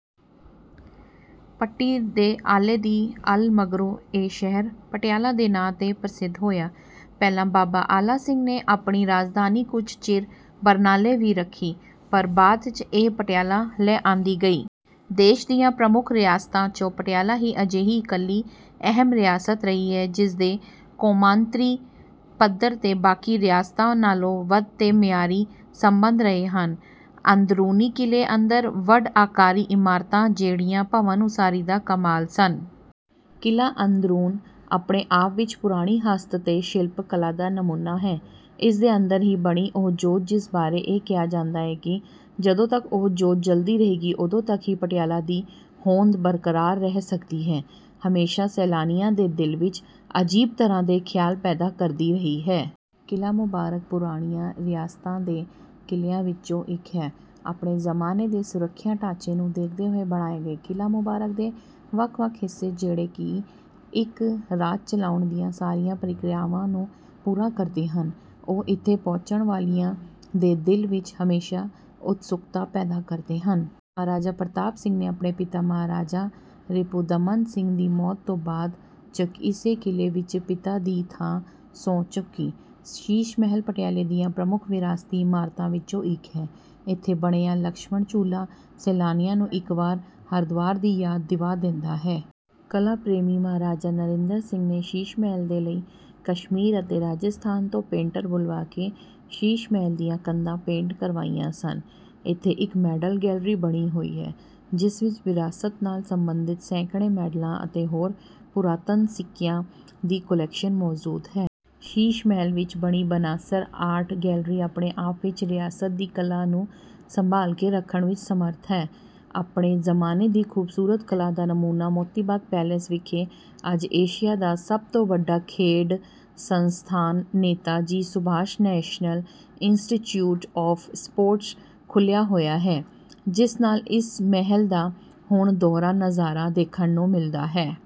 ਪੱਟੀ ਦੇ ਆਲੇ ਦੀ 'ਅੱਲ' ਮਗਰੋਂ ਇਹ ਸ਼ਹਿਰ ਪਟਿਆਲਾ ਦੇ ਨਾਂ 'ਤੇ ਪ੍ਰਸਿੱਧ ਹੋਇਆ। ਪਹਿਲਾਂ ਬਾਬਾ ਆਲਾ ਸਿੰਘ ਨੇ ਆਪਣੀ ਰਾਜਧਾਨੀ ਕੁਝ ਚਿਰ ਬਰਨਾਲੇ ਵੀ ਰੱਖੀ, ਪਰ ਬਾਅਦ 'ਚ ਇਹ ਪਟਿਆਲਾ ਲੈ ਆਂਦੀ ਗਈ। ਦੇਸ਼ ਦੀਆਂ ਪ੍ਰਮੱਖ ਰਿਆਸਤਾਂ 'ਚੋਂ ਪਟਿਆਲਾ ਹੀ ਅਜਿਹੀ ਇਕੱਲੀ ਅਹਿਮ ਰਿਆਸਤ ਰਹੀ ਹੈ, ਜਿਸ ਦੇ ਕੌਮਾਂਤਰੀ ਪੱਧਰ 'ਤੇ ਬਾਕੀ ਰਿਆਸਤਾਂ ਨਾਲੋਂ ਵੱਧ ਤੇ ਮਿਆਰੀ ਸਬੰਧ ਰਹੇ ਹਨ। ਅੰਦਰੂਨੀ ਕਿਲ੍ਹੇ ਅੰਦਰ ਵੱਡ ਆਕਾਰੀ ਇਮਾਰਤਾਂ, ਜਿਹੜੀਆਂ ਭਵਨ ਉਸਾਰੀ ਦਾ ਕਮਾਲ ਸਨ। ਕਿਲ੍ਹਾ ਅੰਦਰੂਨ ਆਪਣੇ ਆਪ ਵਿਚ ਪੁਰਾਣੀ ਹਸਤ ਤੇ ਸ਼ਿਲਪ ਕਲਾ ਦਾ ਨਮੂਨਾ ਹੈ। ਇਸ ਦੇ ਅੰਦਰ ਹੀ ਬਣੀ ਉਹ ਜੋਤ ਜਿਸ ਬਾਰੇ ਇਹ ਕਿਹਾ ਜਾਂਦਾ ਹੈ ਕਿ ਜਦੋਂ ਤੱਕ ਉਹ ਜੋਤ ਜਲਦੀ ਰਹੇਗੀ ਉਦੋਂ ਤੱਕ ਹੀ ਪਟਿਆਲਾ ਦੀ ਹੋਂਦ ਬਰਕਰਾਰ ਰਹਿ ਸਕਦੀ ਹੈ, ਹਮੇਸ਼ਾ ਸੈਲਾਨੀਆਂ ਦੇ ਦਿਲ ਵਿਚ ਅਜੀਬ ਤਰ੍ਹਾਂ ਦੇ ਖਿਆਲ ਪੈਦਾ ਕਰਦੀ ਰਹੀ ਹੈ। ਕਿਲ੍ਹਾ ਮੁਬਾਰਕ ਪੁਰਾਣੀਆਂ ਰਿਆਸਤਾਂ ਦੇ ਕਿਲ੍ਹਿਆਂ ਵਿਚੋਂ ਇੱਕ ਹੈ। ਆਪਣੇ ਜ਼ਮਾਨੇ ਦੇ ਸੁਰੱਖਿਆ ਢਾਂਚੇ ਨੂੰ ਦੇਖਦੇ ਹੋਏ ਬਣਾਏ ਗਏ ਕਿਲ੍ਹਾ ਮੁਬਾਰਕ ਦੇ ਵੱਖ ਵੱਖ ਹਿੱਸੇ ਜਿਹੜੇ ਕਿ ਇੱਕ ਰਾਜ ਚਲਾਉਣ ਦੀਆਂ ਸਾਰੀਆਂ ਪ੍ਰਕਿਰਿਆਵਾਂ ਨੂੰ ਪੂਰਾ ਕਰਦੇ ਹਨ, ਉਹ ਇਥੇ ਪਹੁੰਚਣ ਵਾਲਿਆਂ ਦੇ ਦਿਲ ਵਿਚ ਹਮੇਸ਼ਾ ਉਤਸੁਕਤਾ ਪੈਦਾ ਕਰਦੇ ਹਨ। ਮਹਾਰਾਜਾ ਪ੍ਰਤਾਪ ਸਿੰਘ ਨੇ ਆਪਣੇ ਪਿਤਾ ਮਹਾਰਾਜਾ ਰਿਪੁਦਮਨ ਸਿੰਘ ਦੀ ਮੌਤ ਤੋਂ ਬਾਅਦ 'ਚ ਇਸੇ ਕਿਲ੍ਹੇ ਵਿੱਚ ਪਿਤਾ ਦੀ ਥਾਂ ਸਹੁੰ ਚੁੱਕੀ। ਸ਼ੀਸ਼ ਮਹਿਲ ਪਟਿਆਲੇ ਦੀਆਂ ਪ੍ਰਮੁੱਖ ਵਿਰਾਸਤੀ ਇਮਾਰਤਾਂ ਵਿਚੋਂ ਇੱਕ ਹੈ। ਇਥੇ ਬਣਿਆ ਲਛਮਣ ਝੂਲਾ ਸੈਲਾਨੀਆਂ ਨੂੰ ਇੱਕ ਵਾਰ ਹਰਿਦੁਆਰ ਦੀ ਯਾਦ ਦਿਵਾ ਦਿੰਦਾ ਹੈ। ਕਲਾ ਪ੍ਰੇਮੀ ਮਹਾਰਾਜਾ ਨਰਿੰਦਰ ਸਿੰਘ ਨੇ ਸ਼ੀਸ਼ ਮਹਿਲ ਦੇ ਲਈ ਕਸ਼ਮੀਰ ਅਤੇ ਰਾਜਸਥਾਨ ਤੋਂ ਪੇਂਟਰ ਬੁਲਵਾ ਕੇ ਸ਼ੀਸ਼ ਮਹਿਲ ਦੀਆਂ ਕੰਧਾਂ ਪੇਂਟ ਕਰਵਾਈਆਂ ਸਨ। ਇਥੇ ਇੱਕ ਮੈਡਲ ਗੈਲਰੀ ਬਣੀ ਹੋਈ ਹੈ, ਜਿਸ ਵਿਚ ਵਿਰਾਸਤ ਨਾਲ ਸਬੰਧਿਤ ਸੈਂਕੜੇ ਮੈਡਲਾਂ ਅਤੇ ਹੋਰ ਪੁਰਾਤਨ ਸਿੱਕਿਆਂ ਦੀ ਕੁਲੈਕਸ਼ਨ ਮੌਜੂਦ ਹੈ। ਸ਼ੀਸ਼ ਮਹਿਲ ਵਿਚ ਬਣੀ ਬਨਾਸਰ ਆਰਟ ਗੈਲਰੀ ਆਪਣੇ ਆਪ ਵਿਚ ਰਿਆਸਤ ਦੀ ਕਲਾ ਨੂੰ ਸੰਭਾਲ ਕੇ ਰੱਖਣ ਵਿਚ ਸਮਰੱਥ ਹੈ। ਆਪਣੇ ਜ਼ਮਾਨੇ ਦੀ ਖੂਬਸੂਰਤ ਕਲਾ ਦਾ ਨਮੂਨਾ ਮੋਤੀ ਬਾਗ ਪੈਲੇਸ ਵਿਖੇ ਅੱਜ ਏਸ਼ੀਆ ਦਾ ਸਭ ਤੋਂ ਵੱਡਾ ਖੇਡ ਸੰਸਥਾਨ Neta ji Subhas national institute of sports ਖੁੱਲ੍ਹਿਆ ਹੋਇਆ ਹੈ ਜਿਸ ਨਾਲ ਇਸ ਮਹਿਲ ਦਾ ਹੁਣ ਦੋਹਰਾ ਨਜ਼ਾਰਾ ਦੇਖਣ ਨੂੰ ਮਿਲਦਾ ਹੈ।